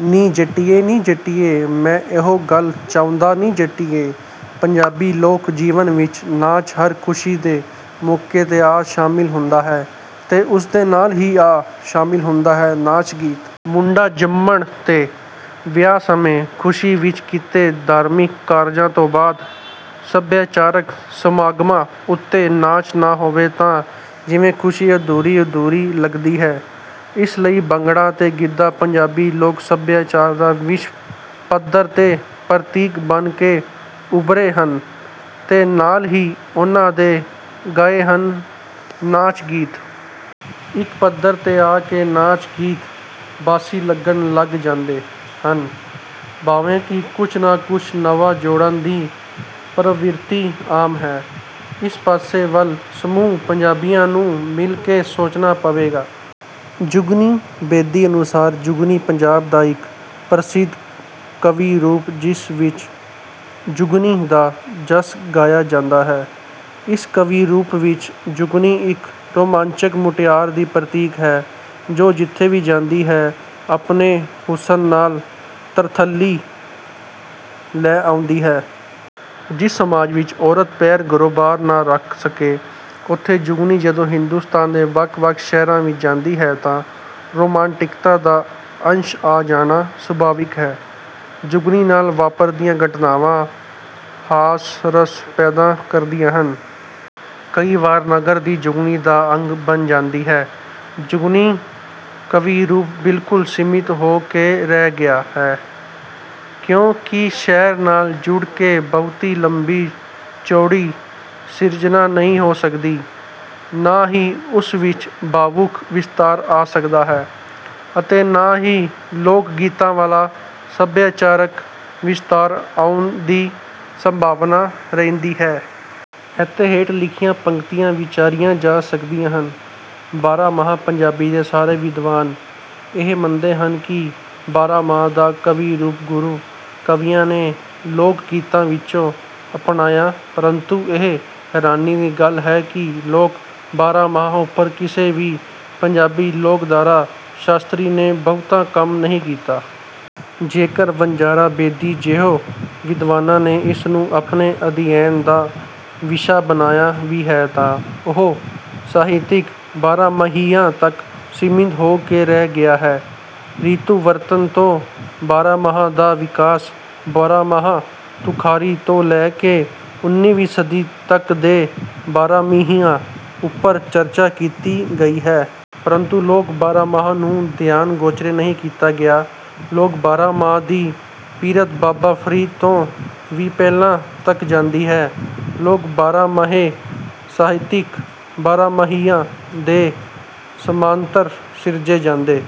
ਨੀ ਜੱਟੀਏ ਨੀ ਜੱਟੀਏ ਮੈਂ ਇਹੋ ਗੱਲ ਚਾਹੁੰਦਾ ਨੀ ਜੱਟੀਏ। ਪੰਜਾਬੀ ਲੋਕ ਜੀਵਨ ਵਿਚ ਨਾਚ ਹਰ ਖੁਸ਼ੀ ਦੇ ਮੌਕੇ ਤੇ ਆ ਸ਼ਾਮਿਲ ਹੁੰਦਾ ਹੈ ਤੇ ਉਸਦੇ ਨਾਲ਼ ਹੀ ਆ ਸ਼ਮਿਲ ਹੁੰਦਾ ਹੈ ਨਾਚ ਗੀਤ। ਮੁੰਡਾ ਜਮੰਣ ਤੇ, ਵਿਆਹ ਸਮੇਂ, ਖੁਸ਼ੀ ਵਿਚ ਕੀਤੇ ਧਾਰਮਿਕ ਕਾਰਜਾਂ ਤੋਂ ਬਾਦ, ਸਭਿਆਚਾਰਕ ਸਮਾਗਮਾਂ ਉੱਤੇ ਨਾਚ ਨਾ ਹੋਵੇ ਤਾਂ ਜਿਵੇਂ ਖੁਸ਼ੀ ਅਧੂਰੀ ਅਧੂਰੀ ਲੱਗਦੀ ਹੈ। ਇਸੇ ਲਈ ਭੰਗੜਾ ਤੇ ਗਿੱਧਾ ਪੰਜਾਬੀ ਲੋਕ ਸਭਿਆਚਾਰ ਦਾ ਵਿਸ਼ਵ ਪੱਧਰ ਤੇ ਪ੍ਰਤੀਕ ਬਣ ਕੇ ਉਭਰੇ ਹਨ ਤੇ ਨਾਲ਼ ਹੀ ਉਨ੍ਹਾਂ ਦੇ ਗਾਏ ਹਨ ਨਾਚ ਗੀਤ। ਇਕ ਪੱਧਰ ਤੇ ਆ ਕੇ ਨਾਚ ਗੀਤ ਬਾਸੀ ਲੱਗਣ ਲੱਗ ਜਾਂਦੇ ਹਨ ਭਾਵੇਂ ਕਿ ਕੁਝ ਨਾ ਕੁਝ ਨਵਾਂ ਜੋੜਨ ਦੀ ਪ੍ਰਵਿਰਤੀ ਆਮ ਹੈ। ਇਸ ਪਾਸੇ ਵਲ ਸਮੂਹ ਪੰਜਾਬੀਆ ਨੂੰ ਮਿਲ਼ ਕੇ ਸੋਚਣਾ ਪਵੇਗਾ। ਜੁਗਨੀ ਬੇਦੀ ਅਨੁਸਾਰ ਜੁਗਨੀ, "ਪੰਜਾਬ ਦਾ ਇਕ ਪ੍ਰਸਿਧ ਕਾਵਿ ਰੂਪ ਜਿਸ ਵਿਚ ਜੁਗਨੀ ਦਾ ਜੱਸ ਗਾਇਆ ਜਾਂਦਾ ਹੈ: ਇਸ ਕਾਵਿ ਰੂਪ ਵਿਚ ਜੁਗਨੀ ਇਕ ਰੋਮਾਂਚਕ ਮੁਟਿਆਰ ਦੀ ਪ੍ਰਤੀਕ ਹੈ ਜੋ ਜਿਥੇ ਵੀ ਜਾਂਦੀ ਹੈ ਆਪਣੇ ਹੁਸਨ ਨਾਲ ਤਰਥੱਲੀ ਲੈ ਆਉਂਦੀ ਹੈ। " ਜਿਸ ਸਮਾਜ ਵਿਚ ਔਰਤ ਪੈਰ ਘਰੋਂ ਬਾਹਰ ਨਾ ਰੱਖ ਸਕੇ ਉੱਥੇ ਜੁਗਨੀ ਜਦੋਂ ਹਿੰਦੁਸਤਾਨ ਦੇ ਵੱਖ ਵੱਖ ਸ਼ਹਿਰਾਂ ਵਿਚ ਜਾਂਦੀ ਹੈ ਤਾਂ ਰੁਮਾਂਟਿਕਤਾ ਦਾ ਅੰਸ਼ ਆ ਜਾਣਾ ਸੁਭਾਵਿਕ ਹੈ। ਜੁਗਨੀ ਨਾਲ ਵਾਪਰਦੀਆਂ ਘਟਨਾਵਾਂ ਹਾਸ ਰਸ ਪੈਦਾ ਕਰਦੀਆਂ ਹਨ। ਕਈ ਵਾਰ ਨਗਰ ਦੀ ਜੁਗਨੀ ਦਾ ਅੰਗ ਬਣ ਜਾਂਦੀ ਹੈ। ਜੁਗਨੀ ਕਾਵਿ ਰੂਪ ਬਿਲਕੁਲ ਸੀਮਿਤ ਹੋ ਕੇ ਰਹਿ ਗਿਆ ਹੈ ਕਿਉਂ ਕਿ ਸ਼ਹਿਰਾਂ ਨਾਲ ਜੁੜ ਕੇ ਬਹੁਤੀ ਲੰਬੀ ਚੌੜੀ ਸਿਰਜਣਾ ਨਹੀਂ ਹੋ ਸਕਦੀ,ੇ ਨਾਂ ਹੀ ਉਸ ਵਿਚ ਭਾਵੁਕ ਵਿਸਤਾਰ ਆ ਸਕਦਾ ਹੈ ਅਤੇ ਨਾ ਹੀ ਲੋਕਗੀਤਾਂ ਵਾਲਾ ਸਭਿਆਚਾਰਕ ਵਿਸਤਾਰ ਆਉਣ ਦੀ ਸੰਭਾਵਨਾ ਰਹਿੰਦੀ ਹੈ। ਇਥੇ ਹੇਠ ਲਿਖੀਆਂ ਪੰਕਤੀਆਂ ਵਿਚਾਰੀਆਂ ਜਾ ਸਕਦੀਆਂ ਹਨ; ਬਾਰਾਂਮਾਹਾਂ ਪੰਜਾਬੀ ਦੇ ਸਾਰੇ ਵਿਦਵਾਨ ਇਹ ਮੰਨਦੇ ਹਨ ਕਿ ਬਾਰਾਂਮਾਹਾਂ ਦਾ ਕਾਵਿ ਰੂਪ ਗੁਰੂ ਕਵੀਆਂ ਨੇ ਲੋਕਗੀਤਾਂ ਵਿਚੋਂ ਅਪਣਾਇਆ ਪਰੰਤੂ ਇਹ ਹੈਰਾਨੀ ਦੀ ਗੱਲ ਹੈ ਕਿ ਲੋਕ ਬਾਰਾਂਮਾਹਾਂ ਉਪਰ ਕਿਸੇ ਵੀ ਪੰਜਾਬੀ ਲੋਕਧਾਰਾ ਸ਼ਾਸਤਰੀ ਨੇ ਬਹੁਤਾ ਕੰਮ ਨਹੀਂ ਕੀਤਾ। ਜੇਕਰ ਵਣਜਾਰਾ ਬੇਦੀ ਜਿਹੇ ਵਿਦਵਾਨਾਂ ਨੇ ਇਸ ਨੂੰ ਆਪਣੇ ਅਧਿਐਨ ਦਾ ਵਿਸ਼ਾ ਬਣਾਇਆ ਵੀ ਹੈ ਤਾਂ ਉਹ ਸਾਹਿਤਿਕ ਬਾਰਾਂਮਾਹਿਆਂ ਤੱਕ ਸੀਮਿਤ ਹੋ ਕੇ ਰਹਿ ਗਿਆ ਹੈ। ਰਿਤੂ ਵਰਣਨ ਤੋਂ ਬਾਰਾਂਮਾਹਾਂ ਦਾ ਵਿਕਾਸ, ਬਾਰਾਂਮਾਹਾਂ ਤੁਖਾਰੀ ਤੋਂ ਲੈ ਕੇ ਉਨੀਵੀਂ ਸਦੀ ਤੱਕ ਦੇ ਬਾਰਾਂਮਾਹਿਆਂ ਉੱਪਰ ਚਰਚਾ ਕੀਤੀ ਗਈ ਹੈ। ਪਰੰਤੂ ਲੋਕ ਬਾਰਾਂਮਾਹਾਂ ਨੂੰ ਧਿਆਨ ਗੋਚਰੇ ਨਹੀਂ ਕੀਤਾ ਗਿਆ। ਲੋਕ ਬਾਰਾਂਮਾਹਾਂ ਦੀ ਪਿਰਤ ਬਾਬਾ ਫ਼ਰੀਦ ਤੋਂ ਵੀ ਪਹਿਲਾਂ ਤੱਕ ਜਾਂਦੀ ਹੈ। ਲੋਕ ਬਾਰਾਂਮਾਹੇਂ ਸਾਹਤਿਕ ਬਾਰਾਂਮਾਹਿਆਂ ਦੇ ਸਮਾਨੰਤਰ ਸਿਰਜੇ ਜਾਂਦੇ